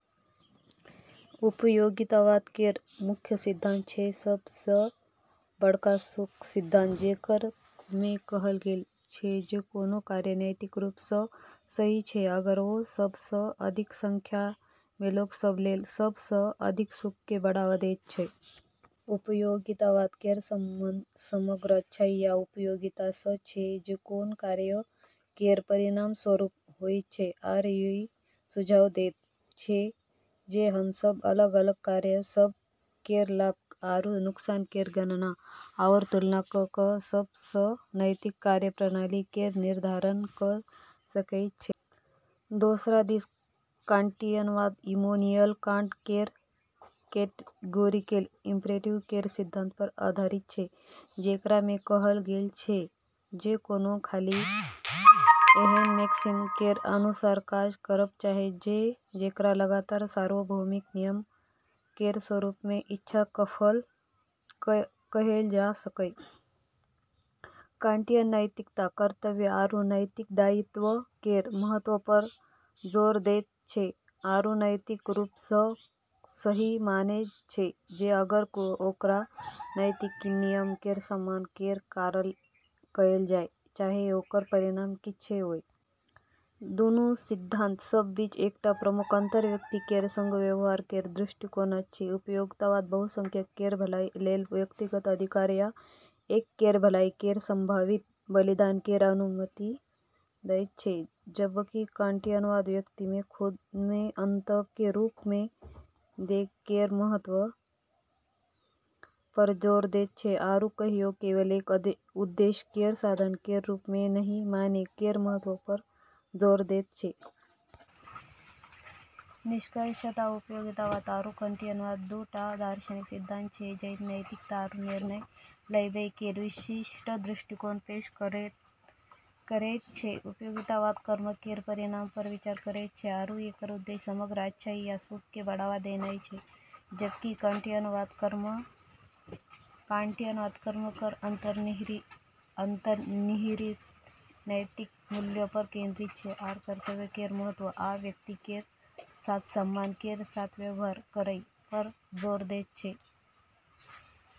उपयोगितावाद केर मुख्य सिद्धांत छै सब सँ बड़का सुख सिद्धांत, जेकरा मे कहल गेल छै जे कोनो कार्य नैतिक रूप सँ सही छै अगर ओ सब सँ अधिक संख्या मे लोक सभ लेल सब सँ अधिक सुख केँ बढ़ावा दैत छै। उपयोगितावाद केर संबंध समग्र अच्छाई या "उपयोगिता" सँ छै जे कोनो कार्य केर परिणामस्वरूप होइत छै, आरू ई सुझाव दैत छै जे हम सभ अलग-अलग कार्य सभ केर लाभ आरू नुकसान केर गणना आओर तुलना कऽ कऽ सब सँ नैतिक कार्य-प्रणाली केर निर्धारण कऽ सकैत छियै। दोसर दिस कांटियनवाद इमैनुएल कांट केर कैटेगोरिकल इम्परेटिव केर सिद्धांत पर आधारित छै, जेकरा मे कहल गेल छै जे कोनो खाली एहन मैक्सिम केर अनुसार काज करब चाहैत छै जेकरा लगातार सार्वभौमिक नियम केर रूप मे इच्छा कएल जा सकए। कांटियन नैतिकता कर्तव्य आरू नैतिक दायित्व केर महत्व पर जोर दैत छै, आरू नैतिक रूप सँ सही मानैत छै जे अगर ओकरा नैतिक नियम केर सम्मान केर कारण कएल जाय, चाहे ओकर परिणाम किछौ होअय। दुनू सिद्धांत सभ बीच एकटा प्रमुख अंतर व्यक्ति केर संग व्यवहार केर दृष्टिकोण अछि। उपयोगितावाद बहुसंख्यक केर भलाई लेल व्यक्तिगत अधिकार या एक केर भलाई केर संभावित बलिदान केर अनुमति दैत छै, जबकि कांटियनवाद व्यक्ति केँ खुद मे अंत केर रूप मे देखै केर महत्व पर जोर दैत छै, आरू कहियो केवल एक उद्देश्य केर साधन केर रूप मे नहि मानै केर महत्व पर जोर दैत छै। निष्कर्षतः उपयोगितावाद आरू कांटियनवाद दू टा दार्शनिक सिद्धांत छै जे नैतिकता आरू निर्णय लेबै केर विशिष्ट दृष्टिकोण पेश करैत छै। उपयोगितावाद कर्म केर परिणाम पर विचार करैत छै आरू एकर उद्देश्य समग्र अच्छाई या सुख केँ बढ़ावा देनाय छै, जबकि कांटियनवाद कर्म केर अंतर्निहित नैतिक मूल्य पर केंद्रित छै आर कर्तव्य केर महत्व आ व्यक्ति केर साथ सम्मान केर साथ व्यवहार करै पर जोर दैत छै।